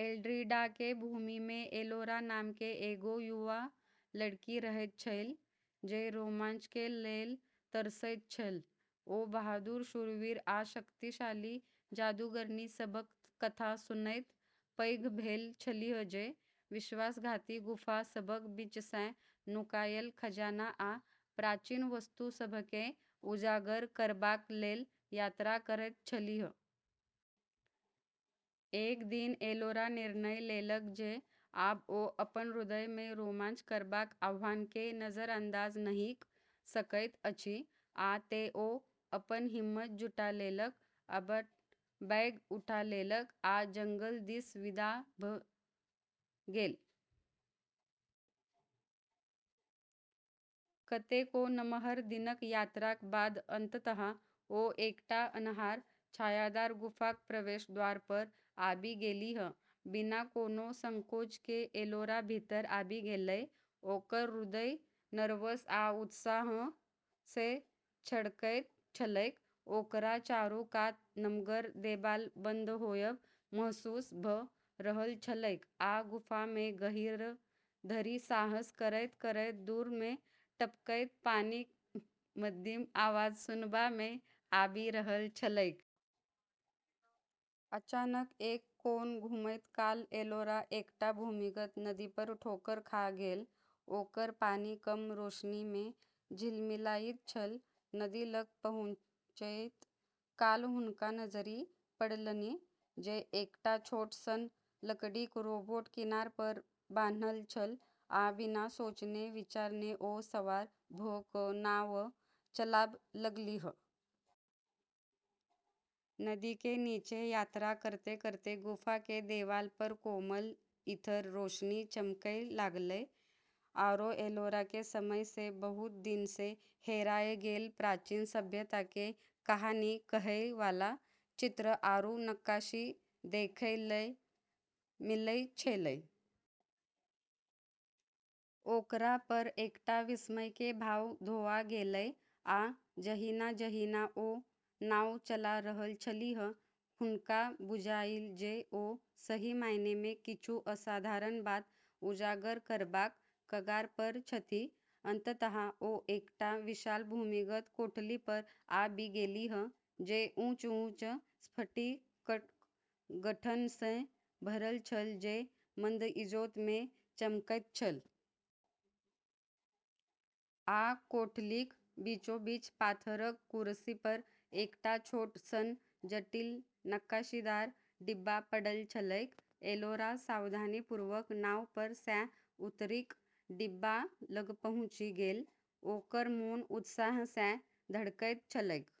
एल्ड्रिडा के भूमि में एलोरा नाम के एगो युवा लड़की रहैत छल जे रोमांच के लेल तरसैत छल। ओ बहादुर शूरवीर आ शक्तिशाली जादूगरनी सभक कथा सुनैत पैघ भेल छलीह जे विश्वासघाती गुफा सभक बीचसँ नुकायल खजाना आ प्राचीन वस्तु सभकेँ उजागर करबाक लेल यात्रा करैत छलीह। एक दिन एलोरा निर्णय लेलक जे आब ओ अपन हृदय मे रोमांच करबाक आह्वान केँ नजरअंदाज नहि क' सकैत अछि, आ तें ओ अपन हिम्मत जुटा लेलक, अपन बैग उठा लेलक आ जंगल दिस विदा भ' गेल। कतेको नमहर दिनक यात्राक बाद अंततः ओ एकटा अन्हार, छायादार गुफाक प्रवेश द्वार पर आबि गेलीह। बिना कोनो संकोच के एलोरा भीतर आबि गेलै, ओकर हृदय नर्वस आ उत्साह सँ धड़कैत छलैक। ओकरा चारू कात नमगर देबाल बंद होयब महसूस भ' रहल छलैक आ गुफा मे गहींर धरि साहस करैत-करैत दूर मे टपकैत पानिक मद्धिम आवाज सुनबा मे आबि रहल छलैक। अचानक एक कोन घुमैत काल एलोरा एकटा भूमिगत नदी पर ठोकर खा गेल, ओकर पानि कम रोशनी मे झिलमिलाइत छल। नदी लग पहुँचैत काल हुनका नजरि पड़लनि जे एकटा छोट सन लकड़ीक रोबोट किनार पर बान्हल छल आ बिना सोचने-विचारने ओ सवार भ' क' नाव चलाब' लगलीह। नदी के नीचें यात्रा करतें-करतें गुफा के देवाल पर कोमल, ईथर रोशनी चमकै लागलै, आरो एलोरा के समय सें बहुत दिन सें हेराय गेल प्राचीन सभ्यता के कहानी कहै वाला चित्र आरू नक्काशी देखै ल मिलै छेलै। ओकरा पर एकटा विस्मय के भाव धोआ गेलै, आ जहिना-जहिना ओ नाव चला रहल छलीह, हुनका बुझायल जे ओ सही मायने मे किछु असाधारण बात उजागर करबाक कगार पर छथि। अन्ततः ओ एकटा विशाल, भूमिगत कोठली पर आबि गेलीह, जे ऊँच-ऊँच स्फटिकक गठन सँ भरल छल जे मंद इजोत मे चमकैत छल। आ कोठलीक बीचोबीच पाथरक कुरसी पर एकटा छोट सन जटिल नक्काशीदार डिब्बा पड़ल छलैक। एलोरा सावधानीपूर्वक नाव पर सँ उतरि क' डिब्बा लग पहुँचि गेल, ओकर मोन उत्साह सँ धड़कैत छलैक।